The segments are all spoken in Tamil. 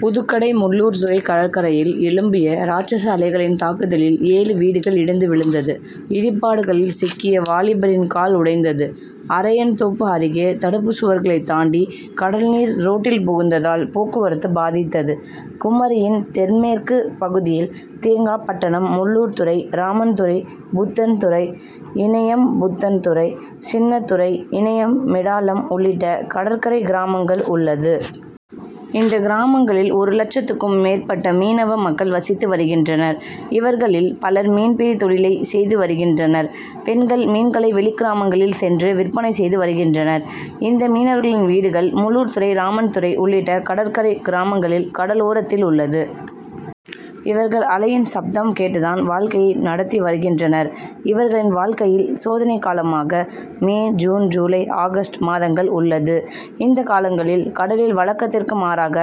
புதுக்கடை முள்ளூர்துறை கடற்கரையில் எழும்பிய ராட்சஸ அலைகளின் தாக்குதலில் ஏழு வீடுகள் இடிந்து விழுந்தது. இடிபாடுகளில் சிக்கிய வாலிபரின் கால் உடைந்தது. அரையன்தோப்பு அருகே தடுப்புச்சுவர்களை தாண்டி கடல்நீர் ரோட்டில் புகுந்ததால் போக்குவரத்து பாதித்தது. குமரியின் தென்மேற்கு பகுதியில் தேங்காப்பட்டணம் முள்ளூர்துறை ராமன்துறை புத்தன்துறை இனயம்புத்தன்துறை சின்னத்துறை இனயம் மிடாலம் உள்ளிட்ட கடற்கரை கிராமங்கள் உள்ளது. இந்த கிராமங்களில் ஒரு லட்சத்துக்கும் மேற்பட்ட மீனவ மக்கள் வசித்து வருகின்றனர். இவர்களில் பலர் மீன்பிடி தொழிலை செய்து வருகின்றனர். பெண்கள் மீன்களை வெளிக்கிராமங்களில் சென்று விற்பனை செய்து வருகின்றனர். இந்த மீனவர்களின் வீடுகள் முள்ளூர்துறை ராமன்துறை உள்ளிட்ட கடற்கரை கிராமங்களில் கடல் ஓரத்தில் உள்ளது. இவர்கள் அலையின் சப்தம் கேட்டு தான் வாழ்க்கையை நடத்தி வருகின்றனர். இவர்களின் வாழ்க்கையில் சோதனை காலமாக மே ஜூன் ஜூலை ஆகஸ்ட் மாதங்கள் உள்ளது. இந்த காலங்களில் கடலில் வழக்கத்திற்கு மாறாக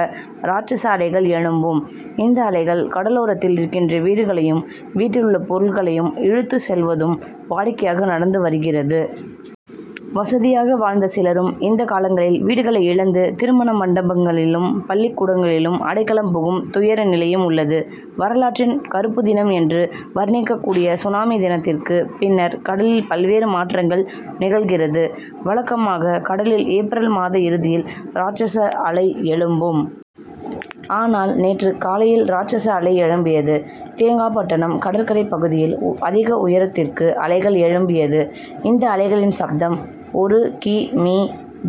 ராட்சஸ அலைகள் எழும்பும். இந்த அலைகள் கடலோரத்தில் இருக்கின்ற வீடுகளையும் வீட்டில் உள்ள பொருட்களையும் இழுத்துச் செல்வதும் வாடிக்கையாக நடந்து வருகிறது. வசதியாக வாழ்ந்த சிலரும் இந்த காலங்களில் வீடுகளை இழந்து திருமணமண்டபங்களிலும் பள்ளிக்கூடங்களிலும் அடைக்கலம் புகும் துயர நிலையும் உள்ளது. வரலாற்றின் கறுப்புதினம் என்று வர்ணிக்கக்கூடிய சுனாமி தினத்திற்கு பின்னர் கடலில் பல்வேறு மாற்றங்கள் நிகழ்கிறது. வழக்கமாக கடலில் ஏப்ரம் மாத இறுதியில் ராட்சஸ அலை எழும்பும். ஆனால் நேற்று காலையில் ராட்சஸ அலை எழும்பியது. தேங்காப்பட்டணம் கடற்கரை பகுதியில் அதிக உயரத்திற்கு அலைகள் எழும்பியது. இந்த அலைகளின் சப்தம் ஒரு கி. மீ.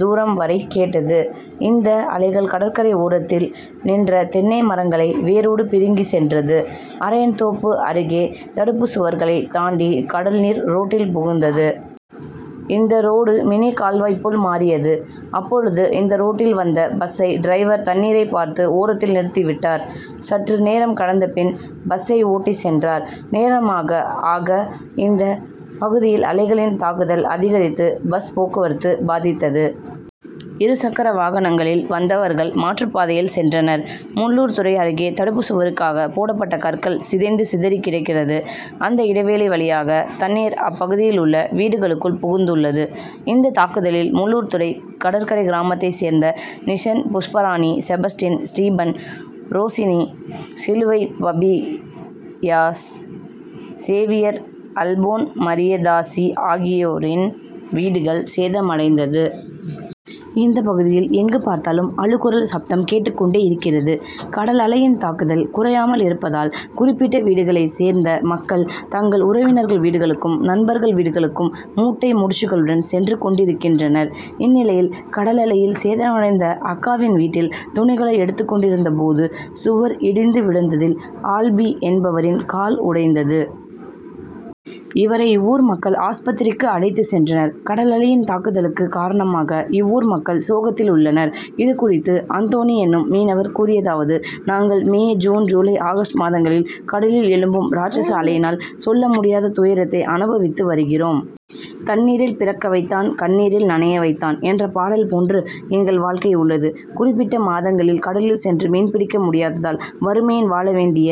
தூரம் வரை கேட்டது. இந்த அலைகள் கடற்கரை ஓரத்தில் நின்ற தென்னை மரங்களை வேரோடு பிடுங்கி சென்றது. அரையன்தோப்பு அருகே தடுப்புச்சுவர்களை தாண்டி கடல்நீர் ரோட்டில் புகுந்தது. இந்த ரோடு மினி கால்வாய் போல் மாறியது. அப்பொழுது இந்த ரோட்டில் வந்த பஸ்சை டிரைவர் தண்ணீரை பார்த்து ஓரத்தில் நிறுத்திவிட்டார். சற்று நேரம் கடந்த பின் பஸ்சை ஓட்டி சென்றார். நேரமாக ஆக இந்த பகுதியில் அலைகளின் தாக்குதல் அதிகரித்து பஸ் போக்குவரத்து பாதித்தது. இருசக்கர வாகனங்களில் வந்தவர்கள் மாற்றுப்பாதையில் சென்றனர். முள்ளூர்துறை அருகே தடுப்புச்சுவருக்காக போடப்பட்ட கற்கள் சிதைந்து சிதறிகிடக்கிறது. அந்த இடைவெளி வழியாக தண்ணீர் அப்பகுதியில் உள்ள வீடுகளுக்குள் புகுந்துள்ளது. இந்த தாக்குதலில் முள்ளூர்துறை கடற்கரை கிராமத்தை சேர்ந்த Nixon Pushparani Sebastian Stephen Roshini Siluvai பபியாஸ் சேவியர் அல்போன்மரியதாசி ஆகியோரின் வீடுகள் சேதமடைந்தது. இந்த பகுதியில் எங்கு பார்த்தாலும் அழுகுரல் சப்தம் கேட்டுக் கொண்டே இருக்கிறது. கடலலையின் தாக்குதல் குறையாமல் இருப்பதால் குறிப்பிட்ட வீடுகளை சேர்ந்த மக்கள் தங்கள் உறவினர்கள் வீடுகளுக்கும் நண்பர்கள் வீடுகளுக்கும் மூட்டை முடிச்சுகளுடன் சென்று கொண்டிருக்கின்றனர். இந்நிலையில் கடலலையில் சேதமடைந்த அக்காவின் வீட்டில் துணிகளை எடுத்து கொண்டிருந்த போது சுவர் இடிந்து விழுந்ததில் ஆல்பி என்பவரின் கால் உடைந்தது. இவரை இவ்வூர் மக்கள் ஆஸ்பத்திரிக்கு அழைத்து சென்றனர். கடலலையின் தாக்குதலுக்கு காரணமாக இவ்வூர் மக்கள் சோகத்தில் உள்ளனர். இது குறித்து அந்தோணி என்னும் மீனவர் கூறியதாவது நாங்கள் மே ஜூன் ஜூலை ஆகஸ்ட் மாதங்களில் கடலில் எழும்பும் ராட்சஸ அலையினால் சொல்லமுடியாத துயரத்தை அனுபவித்து வருகிறோம். தண்ணீரில் பிறக்க வைத்தான் கண்ணீரில் நனைய வைத்தான்' என்ற பாடல் போன்று எங்கள் வாழ்க்கை உள்ளது. குறிப்பிட்ட மாதங்களில் கடலில் சென்று மீன்பிடிக்க முடியாததால் வறுமையின் வாழவேண்டிய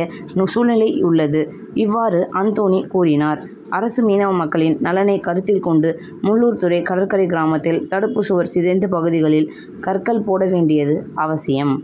சூழ்நிலை உள்ளது. இவ்வாறு அந்தோணி கூறினார். அரசு மீனவ மக்களின் நலனை கருத்தில் கொண்டு முள்ளூர்துறை கடற்கரை கிராமத்தில் தடுப்புச்சுவர் சிதைந்த பகுதிகளில் கற்கள் போட வேண்டியது அவசியம்.